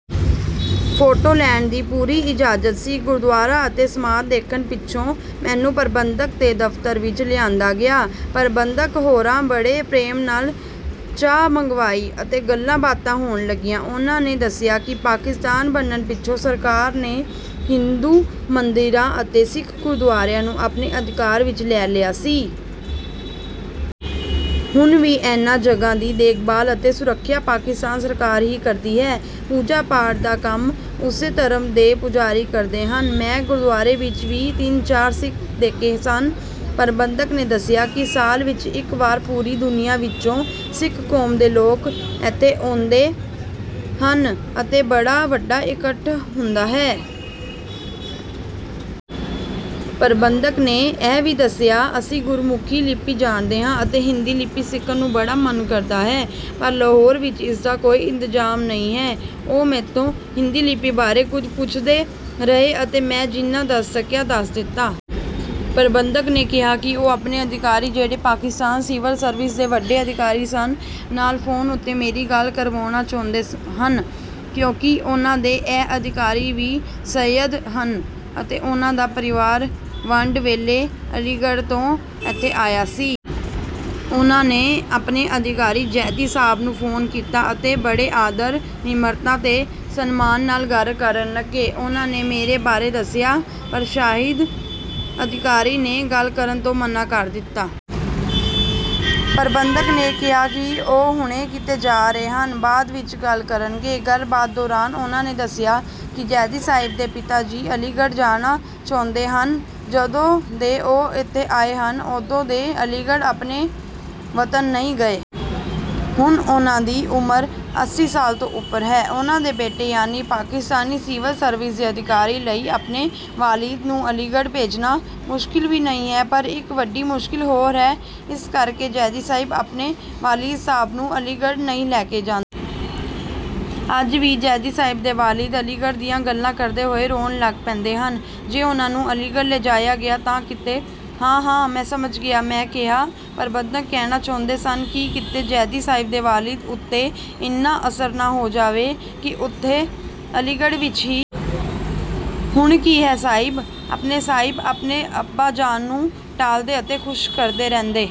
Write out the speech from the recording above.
Photo ਲੈਣ ਦੀ ਪੂਰੀ ਇਜਾਜ਼ਤ ਸੀ। ਗੁਰਦੁਆਰਾ ਅਤੇ ਸਮਾਧ ਦੇਖਣ ਪਿੱਛੋਂ ਮੈਨੂੰ ਪ੍ਰਬੰਧਕ ਦੇ ਦਫ਼ਤਰ ਵਿੱਚ ਲਿਆਂਦਾ ਗਿਆ। ਪ੍ਰਬੰਧਕ ਹੋਰਾਂ ਬੜੇ ਪ੍ਰੇਮ ਨਾਲ ਚਾਹ ਮੰਗਵਾਈ ਅਤੇ ਗੱਲਾਂ-ਬਾਤਾਂ ਹੋਣ ਲੱਗੀਆਂ। ਉਹਨਾਂ ਨੇ ਦੱਸਿਆ ਕਿ ਪਾਕਿਸਤਾਨ ਬਣਨ ਪਿੱਛੋਂ ਸਰਕਾਰ ਨੇ ਹਿੰਦੂ ਮੰਦਰਾਂ ਅਤੇ ਸਿੱਖ ਗੁਰਦੁਆਰਿਆਂ ਨੂੰ ਆਪਣੇ ਅਧਿਕਾਰ ਵਿੱਚ ਲੈ ਲਿਆ ਸੀ। ਹੁਣ ਵੀ ਇਹਨਾਂ ਜਗ੍ਹਾਂ ਦੀ ਦੇਖਭਾਲ ਅਤੇ ਸੁਰੱਖਿਆ ਪਾਕਿਸਤਾਨ ਸਰਕਾਰ ਹੀ ਕਰਦੀ ਹੈ। ਪੂਜਾ-ਪਾਠ ਦਾ ਕੰਮ ਉਸੇ ਧਰਮ ਦੇ ਪੁਜਾਰੀ ਕਰਦੇ ਹਨ। ਮੈਂ ਗੁਰਦੁਆਰੇ ਵਿੱਚ ਵੀ ਤਿੰਨ-ਚਾਰ ਸਿੱਖ ਦੇਖੇ ਸਨ। ਪ੍ਰਬੰਧਕ ਨੇ ਦੱਸਿਆ ਕਿ ਸਾਲ ਵਿੱਚ ਇੱਕ ਵਾਰ ਪੂਰੀ ਦੁਨੀਆ ਵਿੱਚੋਂ ਸਿੱਖ ਕੌਮ ਦੇ ਲੋਕ ਇੱਥੇ ਆਉਂਦੇ ਹਨ ਅਤੇ ਬੜਾ ਵੱਡਾ ਇਕੱਠ ਹੁੰਦਾ ਹੈ। ਪ੍ਰਬੰਧਕ ਨੇ ਇਹ ਵੀ ਦੱਸਿਆ, "ਅਸੀਂ ਗੁਰਮੁਖੀ ਲਿੱਪੀ ਜਾਣਦੇ ਹਾਂ ਅਤੇ ਹਿੰਦੀ ਲਿੱਪੀ ਸਿੱਖਣ ਨੂੰ ਬੜਾ ਮਨ ਕਰਦਾ ਹੈ, ਪਰ ਲਾਹੌਰ ਵਿੱਚ ਇਸ ਦਾ ਕੋਈ ਇੰਤਜ਼ਾਮ ਨਹੀਂ ਹੈ।" ਉਹ ਮੈਥੋਂ ਹਿੰਦੀ ਲਿੱਪੀ ਬਾਰੇ ਕੁਝ ਪੁੱਛਦੇ ਰਹੇ ਅਤੇ ਮੈਂ ਜਿੰਨਾ ਦੱਸ ਸਕਿਆ, ਦੱਸ ਦਿੱਤਾ। ਪ੍ਰਬੰਧਕ ਨੇ ਕਿਹਾ ਕਿ ਉਹ ਆਪਣੇ ਅਧਿਕਾਰੀ, ਜਿਹੜੇ ਪਾਕਿਸਤਾਨ ਸਿਵਲ ਸਰਵਿਸ ਦੇ ਵੱਡੇ ਅਧਿਕਾਰੀ ਸਨ, ਨਾਲ ਫ਼ੋਨ ਉੱਤੇ ਮੇਰੀ ਗੱਲ ਕਰਵਾਉਣਾ ਚਾਹੁੰਦੇ ਹਨ ਕਿਉਂਕਿ ਉਹਨਾਂ ਦੇ ਇਹ ਅਧਿਕਾਰੀ ਵੀ ਸੱਯਦ ਹਨ ਅਤੇ ਉਹਨਾਂ ਦਾ ਪਰਿਵਾਰ ਵੰਡ ਵੇਲੇ ਅਲੀਗੜ੍ਹ ਤੋਂ ਇੱਥੇ ਆਇਆ ਸੀ। ਉਹਨਾਂ ਨੇ ਆਪਣੇ ਅਧਿਕਾਰੀ ਜ਼ੈਦੀ ਸਾਹਿਬ ਨੂੰ ਫ਼ੋਨ ਕੀਤਾ ਅਤੇ ਬੜੇ ਆਦਰ, ਨਿਮਰਤਾ ਤੇ ਸਨਮਾਨ ਨਾਲ ਗੱਲ ਕਰਨ ਲੱਗੇ। ਉਹਨਾਂ ਨੇ ਮੇਰੇ ਬਾਰੇ ਦੱਸਿਆ, ਪਰ ਸ਼ਾਇਦ ਅਧਿਕਾਰੀ ਨੇ ਗੱਲ ਕਰਨ ਤੋਂ ਮਨ੍ਹਾ ਕਰ ਦਿੱਤਾ। ਪ੍ਰਬੰਧਕ ਨੇ ਕਿਹਾ ਕਿ ਉਹ ਹੁਣੇ ਕਿਤੇ ਜਾ ਰਹੇ ਹਨ, ਬਾਅਦ ਵਿੱਚ ਗੱਲ ਕਰਨਗੇ। ਗੱਲਬਾਤ ਦੌਰਾਨ ਉਹਨਾਂ ਨੇ ਦੱਸਿਆ ਕਿ ਜ਼ੈਦੀ ਸਾਹਿਬ ਦੇ ਪਿਤਾ ਜੀ ਅਲੀਗੜ੍ਹ ਜਾਣਾ ਚਾਹੁੰਦੇ ਹਨ। ਜਦੋਂ ਦੇ ਉਹ ਇੱਥੇ ਆਏ ਹਨ, ਉਦੋਂ ਦੇ ਅਲੀਗੜ੍ਹ, ਆਪਣੇ ਵਤਨ ਨਹੀਂ ਗਏ। ਹੁਣ ਉਹਨਾਂ ਦੀ ਉਮਰ ਅੱਸੀ ਸਾਲ ਤੋਂ ਉੱਪਰ ਹੈ। ਉਹਨਾਂ ਦੇ ਬੇਟੇ ਯਾਨੀ ਪਾਕਿਸਤਾਨੀ ਸਿਵਲ ਸਰਵਿਸ ਦੇ ਅਧਿਕਾਰੀ ਲਈ ਆਪਣੇ ਵਾਲਿਦ ਨੂੰ ਅਲੀਗੜ੍ਹ ਭੇਜਣਾ ਮੁਸ਼ਕਲ ਵੀ ਨਹੀਂ ਹੈ, ਪਰ ਇੱਕ ਵੱਡੀ ਮੁਸ਼ਕਲ ਹੋਰ ਹੈ, ਇਸ ਕਰਕੇ ਜ਼ੈਦੀ ਸਾਹਿਬ ਆਪਣੇ ਵਾਲਿਦ ਸਾਹਿਬ ਨੂੰ ਅਲੀਗੜ੍ਹ ਨਹੀਂ ਲੈ ਕੇ ਜਾਂਦੇ। "ਅੱਜ ਵੀ ਜ਼ੈਦੀ ਸਾਹਿਬ ਦੇ ਵਾਲਿਦ ਅਲੀਗੜ੍ਹ ਦੀਆਂ ਗੱਲਾਂ ਕਰਦੇ ਹੋਏ ਰੋਣ ਲੱਗ ਪੈਂਦੇ ਹਨ... ਜੇ ਉਹਨਾਂ ਨੂੰ ਅਲੀਗੜ੍ਹ ਲੈ ਜਾਇਆ ਗਿਆ ਤਾਂ ਕਿਤੇ..." "ਹਾਂ-ਹਾਂ, ਮੈਂ ਸਮਝ ਗਿਆ," ਮੈਂ ਕਿਹਾ। ਪ੍ਰਬੰਧਕ ਕਹਿਣਾ ਚਾਹੁੰਦੇ ਸਨ ਕਿ ਕਿਤੇ ਜ਼ੈਦੀ ਸਾਹਿਬ ਦੇ ਵਾਲਿਦ ਉੱਤੇ ਇੰਨਾ ਅਸਰ ਨਾ ਹੋ ਜਾਵੇ ਕਿ ਉੱਥੇ ਅਲੀਗੜ੍ਹ ਵਿੱਚ ਹੀ...। "ਹੁਣ ਕੀ ਹੈ ਸਾਹਿਬ... ਆਪਣੇ ਸਾਹਿਬ, ਆਪਣੇ ਅੱਬਾ ਜਾਨ ਨੂੰ ਟਾਲਦੇ ਅਤੇ ਖ਼ੁਸ਼ ਕਰਦੇ ਰਹਿੰਦੇ